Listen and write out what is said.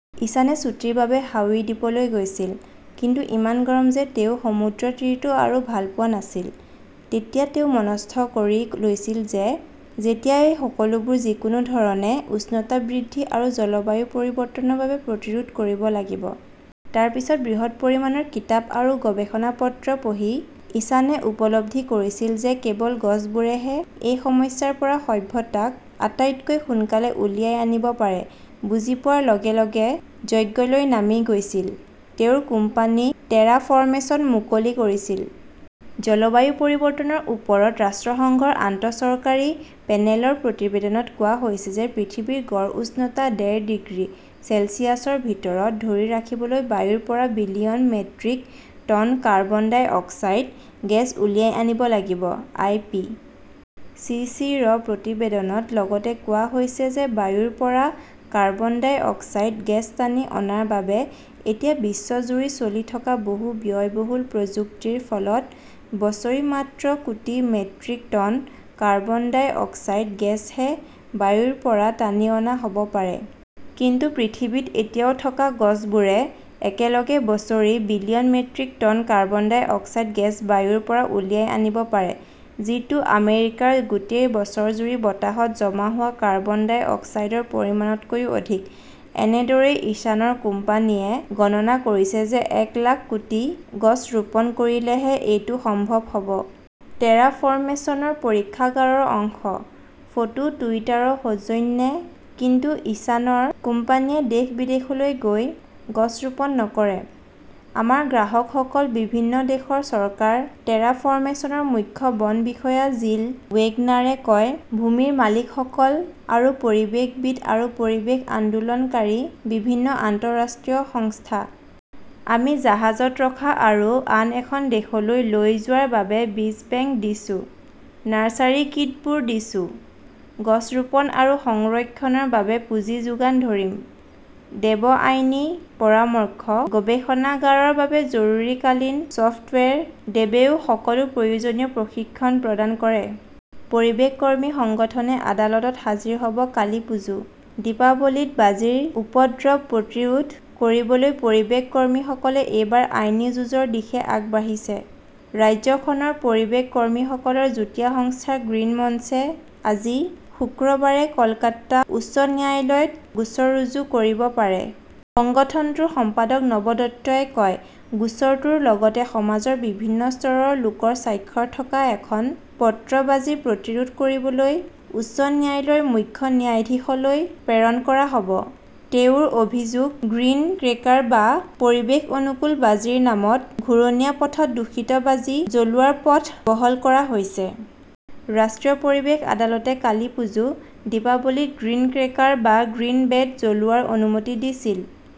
ইশানে ছুটীৰ বাবে হাউই দ্বীপলৈ গৈছিল। কিন্তু ইমান গৰম যে তেওঁ সমুদ্ৰতীৰটো আৰু ভাল পোৱা নাছিল। তেতিয়া তেওঁ মনস্থ কৰি লৈছিল যে যেতিয়া এই সকলোবোৰ, যিকোনো ধৰণে, উষ্ণতা বৃদ্ধি আৰু জলবায়ু পৰিৱৰ্তনৰ বাবে প্ৰতিৰোধ কৰিব লাগিব। তাৰ পিছত বৃহৎ পৰিমাণৰ কিতাপ আৰু গৱেষণা পত্ৰ পঢ়ি ইশানে উপলব্ধি কৰিছিল যে কেৱল গছবোৰেহে এই সমস্যাৰ পৰা সভ্যতাক আটাইতকৈ সোনকালে উলিয়াই আনিব পাৰে। বুজি পোৱাৰ লগে - লগে যজ্ঞলৈ নামি গৈছিল। তেওঁৰ কোম্পানী টেৰাফৰ্মেচন মুকলি কৰিছিল। জলবায়ু পৰিৱৰ্তনৰ ওপৰত ৰাষ্ট্ৰসংঘৰ আন্তঃচৰকাৰী পেনেলৰ প্ৰতিবেদনত কোৱা হৈছে যে পৃথিৱীৰ গড় উষ্ণতা ডেৰ ডিগ্ৰী চেলছিয়াছৰ ভিতৰত ধৰি ৰাখিবলৈ বায়ুৰ পৰা billion metric ton carbon dioxide gas উলিয়াই আনিব লাগিব। আই. পি. চি. চি.ৰ প্ৰতিবেদনত লগতে কোৱা হৈছে যে বায়ুৰ পৰা কাৰ্বন ডাই অক্সাইড গেছ টানি অনাৰ বাবে এতিয়া বিশ্বজুৰি চলি থকা বহু ব্যয়বহুল প্ৰযুক্তিৰ ফলত বছৰি মাত্ৰ কোটি metric ton carbon dioxide গেছহে বায়ুৰ পৰা টানি অনা হ 'ব পাৰে। কিন্তু পৃথিৱীত এতিয়াও থকা গছবোৰে একেলগে বছৰি billion metric ton carbon dioxide gas বায়ুৰ পৰা উলিয়াই আনিব পাৰে। যিটো আমেৰিকাৰ গোটেই বছৰজুৰি বতাহত জমা হোৱা কাৰ্বন ডাই অক্সাইডৰ পৰিমাণতকৈ অধিক। এনেদৰেই ইশানৰ কোম্পানীয়ে গণনা কৰিছে যে এক লাখ কোটি গছ ৰোপণ কৰিলেহে এইটো সম্ভৱ হ'ব। টেৰাফৰ্মেচনৰ পৰীক্ষাগাৰৰ অংশ। ফটো-টুইটাৰৰ সৌজন্যে। কিন্তু ইশানৰ কোম্পানীয়ে দেশ-বিদেশলৈ গৈ গছ ৰোপণ নকৰে। আমাৰ গ্ৰাহকসকল বিভিন্ন দেশৰ চৰকাৰ, টেৰাফৰ্মেচনৰ মুখ্য বন বিষয়া জিল ৱেগনাৰে কয়। ভূমিৰ মালিকসকল আৰু পৰিৱেশবিদ আৰু পৰিৱেশ আন্দোলনকাৰী বিভিন্ন আন্তঃৰাষ্ট্ৰীয় সংস্থা। আমি জাহাজত ৰখা আৰু আন এখন দেশলৈ লৈ যোৱাৰ বাবে বীজ বেংক দিছো। নাৰ্চাৰী কিটবোৰ দিছো। গছ ৰোপণ আৰু সংৰক্ষণৰ বাবে পুঁজি যোগান ধৰিম। দেৱ আইনী পৰামৰ্শ, গৱেষণাগাৰৰ বাবে জৰুৰীকালীন চফ্টৱেৰ। দেৱেও সকলো প্ৰয়োজনীয় প্ৰশিক্ষণ প্ৰদান কৰে। পৰিৱেশ কৰ্মী সংগঠনে আদালতত হাজিৰ হ'ব কালীপুজো, দীপাৱলীত বাজিৰ উপদ্ৰৱ প্ৰতিৰোধ কৰিবলৈ পৰিৱেশ কৰ্মীসকলে এইবাৰ আইনী যুঁজৰ দিশে আগবাঢ়িছে। ৰাজ্যখনৰ পৰিৱেশ কৰ্মীসকলৰ যুটীয়া সংস্থা গ্ৰীণ মঞ্চে আজি, শুক্ৰবাৰে কলকাতা উচ্চ ন্যায়ালয়ত গোচৰ ৰুজু কৰিব পাৰে। সংগঠনটোৰ সম্পাদক নব দত্তই কয়, গোচৰটোৰ লগতে সমাজৰ বিভিন্ন স্তৰৰ লোকৰ স্বাক্ষৰ থকা এখন পত্ৰ বাজি প্ৰতিৰোধ কৰিবলৈ উচ্চ ন্যায়ালয়ৰ মুখ্য ন্যায়াধীশলৈ প্ৰেৰণ কৰা হ'ব। তেওঁৰ অভিযোগ, গ্ৰীণ ক্ৰেকাৰ বা পৰিৱেশ অনুকূল বাজিৰ নামত ঘূৰণীয়া পথত দূষিত বাজি জ্বলোৱাৰ পথ বহল কৰা হৈছে। ৰাষ্ট্ৰীয় পৰিৱেশ আদালতে কালীপুজো, দীপাৱলীত গ্ৰীণ ক্ৰেকাৰ বা গ্ৰীণ বেট জ্বলোৱাৰ অনুমতি দিছিল।